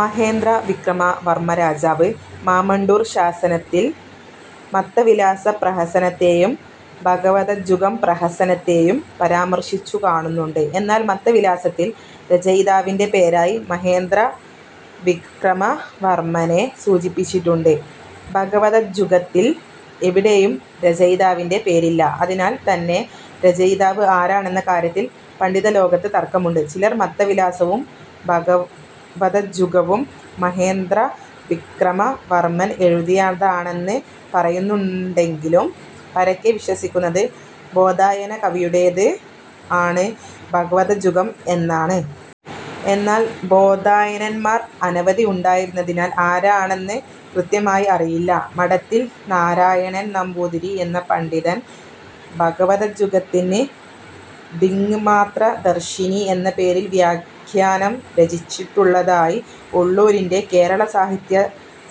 മഹേന്ദ്രവിക്രമ വർമ്മ രാജാവ് മാമണ്ടൂർ ശാസനത്തിൽ മത്തവിലാസ പ്രഹസനത്തേയും ഭഗവദജ്ജുകം പ്രഹസനത്തേയും പരാമർശിച്ചു കാണുന്നുണ്ട്. എന്നാൽ മത്തവിലാസത്തിൽ രചയിതാവിൻ്റെ പേരായി മഹേന്ദ്രവിക്രമ വർമ്മനെ സൂചിപ്പിച്ചിട്ടുണ്ട്. ഭഗവദജ്ജുകത്തിൽ എവിടെയും രചയിതാവിൻ്റെ പേരില്ല. അതിനാൽ തന്നെ രചയിതാവ് ആരാണെന്ന കാര്യത്തിൽ പണ്ഡിതലോകത്ത് തർക്കമുണ്ട്. ചിലർ മത്തവിലാസവും ഭഗവദജ്ജുകവും മഹേന്ദ്രവിക്രമ വർമ്മൻ എഴുതിയതാണെന്ന് പറയുന്നുണ്ടെങ്കിലും പരക്കെ വിശ്വസിക്കുന്നത് ബോധായന കവിയുടേതാണ് ഭഗവദജ്ജുകം എന്നാണ്. എന്നാൽ ബോധായനന്മാർ അനവധി ഉണ്ടായിരുന്നതിൽ ആരാണെന്ന് കൃത്യമായി അറിയില്ല. മഠത്തിൽ നാരായണൻ നമ്പൂതിരി എന്ന പണ്ഡിതൻ ഭഗവദജ്ജുകത്തിന് ദിങ്മാത്രദർശിനി എന്ന പേരിൽ വ്യാഖ്യാനം രചിച്ചിട്ടുള്ളതായി ഉള്ളൂരിൻ്റെ കേരള സാഹിത്യ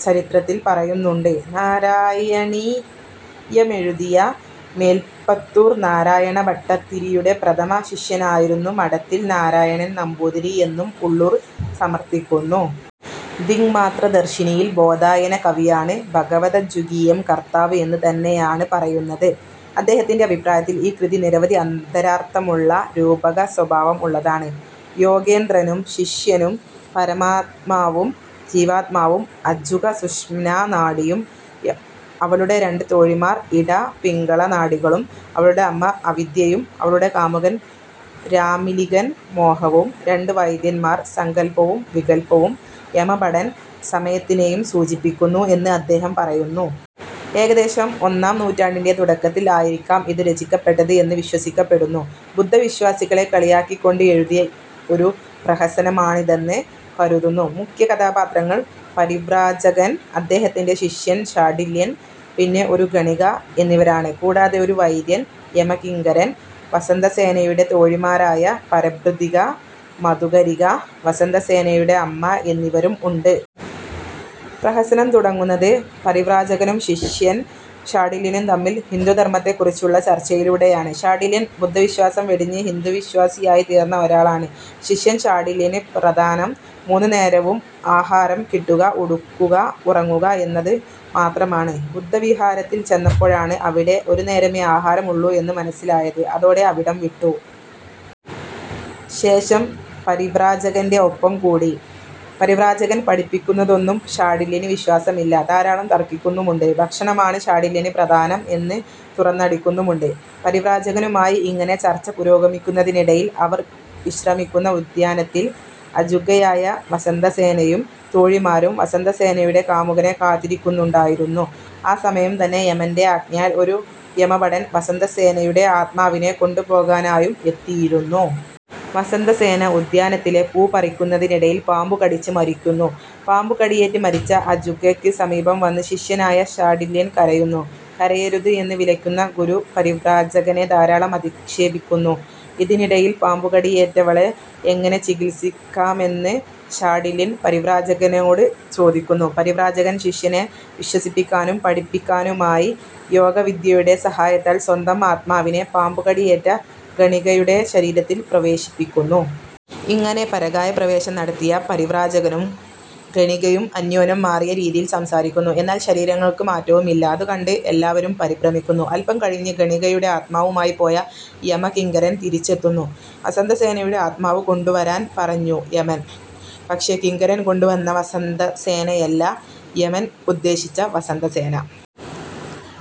ചരിത്രത്തിൽ പറയുന്നുണ്ട്. നാരായണീയമെഴുതിയ മേൽപ്പത്തൂർ നാരായണ ഭട്ടതിരിയുടെ പ്രഥമ ശിഷ്യനായിരുന്നു മഠത്തിൽ നാരായണൻ നമ്പൂതിരി എന്നും ഉള്ളൂർ സമർത്ഥിക്കുന്നു. ദിങ്മാത്രദർശിനിയിൽ ബോധായന കവിയാണ് ഭഗവദജ്ജുകീയം കർത്താവ് എന്ന് തന്നെയാണ് പറയുന്നത്. അദ്ദേഹത്തിൻ്റെ അഭിപ്രായത്തിൽ ഈ കൃതി നിരവധി അന്തരാർത്ഥമുള്ള രൂപക സ്വഭാവം ഉള്ളതാണ്. യോഗേന്ദ്രനും ശിഷ്യനും പരമാത്മാവും ജീവാത്മാവും, അജ്ജുക സുഷുമ്നാ നാഡിയും അവളുടെ രണ്ട് തോഴിമാർ ഇട, പിംഗള നാഡികളും, അവളുടെ അമ്മ അവിദ്യയും, അവളുടെ കാമുകൻ രാമിലികൻ മോഹവും, രണ്ട് വൈദ്യന്മാർ സങ്കൽപ്പവും വികൽപ്പവും, യമഭടൻ സമയത്തിനേയും സൂചിപ്പിക്കുന്നു എന്ന് അദ്ദേഹം പറയുന്നു. ഏകദേശം ഒന്നാം നൂറ്റാണ്ടിൻ്റെ തുടക്കത്തിൽ ആയിരിക്കാം ഇത് രചിക്കപ്പെട്ടത് എന്ന് വിശ്വസിക്കപ്പെടുന്നു. ബുദ്ധ വിശ്വാസികളെ കളിയാക്കിക്കൊണ്ട് എഴുതിയ ഒരു പ്രഹസനമാണിതെന്ന് കരുതുന്നു. മുഖ്യ കഥാപാത്രങ്ങൾ പരിവ്രാജകൻ, അദ്ദേഹത്തിൻ്റെ ശിഷ്യൻ ശാണ്ഡില്യൻ, പിന്നെ ഒരു ഗണിക എന്നിവരാണ്. കൂടാതെ ഒരു വൈദ്യൻ, യമകിങ്കരൻ, വസന്തസേനയുടെ തോഴിമാരായ പരഭൃതിക, മധുകരിക, വസന്തസേനയുടെ അമ്മ എന്നിവരും ഉണ്ട്. പ്രഹസനം തുടങ്ങുന്നത് പരിവ്രാജകനും ശിഷ്യൻ ശാണ്ഡില്യനും തമ്മിൽ ഹിന്ദുധർമ്മത്തെ കുറിച്ചുള്ള ചർച്ചയിലൂടെയാണ്. ശാണ്ഡില്യൻ ബുദ്ധവിശ്വാസം വെടിഞ്ഞ് ഹിന്ദുവിശ്വാസിയായി തീർന്ന ഒരാളാണ്. ശിഷ്യൻ ശാണ്ഡില്യന് പ്രധാനം മൂന്നുനേരവും ആഹാരം കിട്ടുക, ഉടുക്കുക, ഉറങ്ങുക എന്നത് മാത്രമാണ്. ബുദ്ധവിഹാരത്തിൽ ചെന്നപ്പോഴാണ് അവിടെ ഒരുനേരമേ ആഹാരമുള്ളൂ എന്ന് മനസ്സിലായത്. അതോടെ അവിടം വിട്ടു. ശേഷം പരിവ്രാജകൻ്റെ ഒപ്പം കൂടി. പരിവ്രാജകൻ പഠിപ്പിക്കുന്നതൊന്നും ശാണ്ഡില്യന് വിശ്വാസമില്ല. ധാരാളം തർക്കിക്കുന്നുമുണ്ട്. ഭക്ഷണമാണ് ശാണ്ഡില്യന് പ്രധാനം എന്ന് തുറന്നടിക്കുന്നുമുണ്ട്. പരിവ്രാജകനുമായി ഇങ്ങനെ ചർച്ച പുരോഗമിക്കുന്നതിനിടയിൽ അവർ വിശ്രമിക്കുന്ന ഉദ്യാനത്തിൽ അജ്ജുകയായ വസന്തസേനയും തോഴിമാരും വസന്തസേനയുടെ കാമുകനെ കാത്തിരിക്കുന്നുണ്ടായിരുന്നു. ആ സമയം തന്നെ യമൻ്റെ ആജ്ഞയാൽ ഒരു യമഭടൻ വസന്തസേനയുടെ ആത്മാവിനെ കൊണ്ടുപോകാനായും എത്തിയിരുന്നു. വസന്തസേന ഉദ്യാനത്തിലെ പൂ പറിക്കുന്നതിനിടയിൽ പാമ്പുകടിച്ച് മരിക്കുന്നു. പാമ്പുകടിയേറ്റ് മരിച്ച അജ്ജുകയ്ക്ക് സമീപം വന്ന് ശിഷ്യനായ ശാണ്ഡില്യൻ കരയുന്നു. കരയരുത് എന്ന് വിലക്കുന്ന ഗുരു പരിവ്രാജകനെ ധാരാളം അധിക്ഷേപിക്കുന്നു. ഇതിനിടയിൽ പാമ്പുകടിയേറ്റവളെ എങ്ങനെ ചികിത്സിക്കാമെന്ന് ശാണ്ഡില്യൻ പരിവ്രാജകനോട് ചോദിക്കുന്നു. പരിവ്രാജകൻ ശിഷ്യനെ വിശ്വസിപ്പിക്കാനും പഠിപ്പിക്കാനുമായി യോഗവിദ്യയുടെ സഹായത്താൽ സ്വന്തം ആത്മാവിനെ പാമ്പുകടിയേറ്റ ഗണികയുടെ ശരീരത്തിൽ പ്രവേശിപ്പിക്കുന്നു. ഇങ്ങനെ പരകായപ്രവേശം നടത്തിയ പരിവ്രാജകനും ഗണികയും അന്യോന്യം മാറിയ രീതിയിൽ സംസാരിക്കുന്നു. എന്നാൽ ശരീരങ്ങൾക്ക് മാറ്റവുമില്ല. അതുകണ്ട് എല്ലാവരും പരിഭ്രമിക്കുന്നു. അല്പം കഴിഞ്ഞ് ഗണികയുടെ ആത്മാവുമായി പോയ യമകിങ്കരൻ തിരിച്ചെത്തുന്നു. വസന്തസേനയുടെ ആത്മാവ് കൊണ്ടുവരാൻ പറഞ്ഞു യമൻ, പക്ഷേ കിങ്കരൻ കൊണ്ടുവന്ന വസന്തസേനയല്ല യമൻ ഉദ്ദേശിച്ച വസന്തസേന.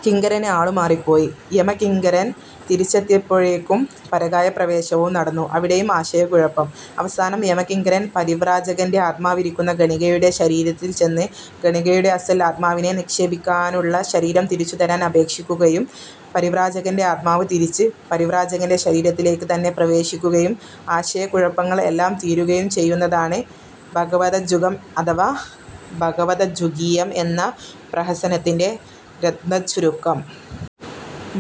കിങ്കരന് ആളുമാറിപ്പോയി. യമകിങ്കരൻ തിരിച്ചെത്തിയപ്പോഴേക്കും പരകായപ്രവേശവും നടന്നു. അവിടെയും ആശയക്കുഴപ്പം. അവസാനം യമകിങ്കരൻ പരിവ്രാജകൻ്റെ ആത്മാവിരിക്കുന്ന ഗണികയുടെ ശരീരത്തിൽ ചെന്ന് ഗണികയുടെ അസ്സൽ ആത്മാവിനെ നിക്ഷേപിക്കാനുള്ള ശരീരം തിരിച്ചു തരാൻ അപേക്ഷിക്കുകയും പരിവ്രാജകൻ്റെ ആത്മാവ് തിരിച്ച് പരിവ്രാജകൻ്റെ ശരീരത്തിലേക്ക് തന്നെ പ്രവേശിക്കുകയും ആശയക്കുഴപ്പങ്ങൾ എല്ലാം തീരുകയും ചെയ്യുന്നതാണ് ഭഗവദജ്ജുകം അഥവാ ഭഗവദജ്ജുകീയം എന്ന പ്രഹസനത്തിൻ്റെ രത്നച്ചുരുക്കം.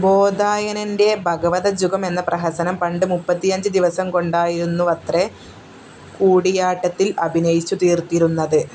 ബോധായനൻ്റെ ഭഗവദജ്ജുകം എന്ന പ്രഹസനം പണ്ട് മുപ്പത്തിയഞ്ച് ദിവസം കൊണ്ടായിരുന്നുവത്രെ കൂടിയാട്ടത്തിൽ അഭിനയിച്ചു തീർത്തിരുന്നത്.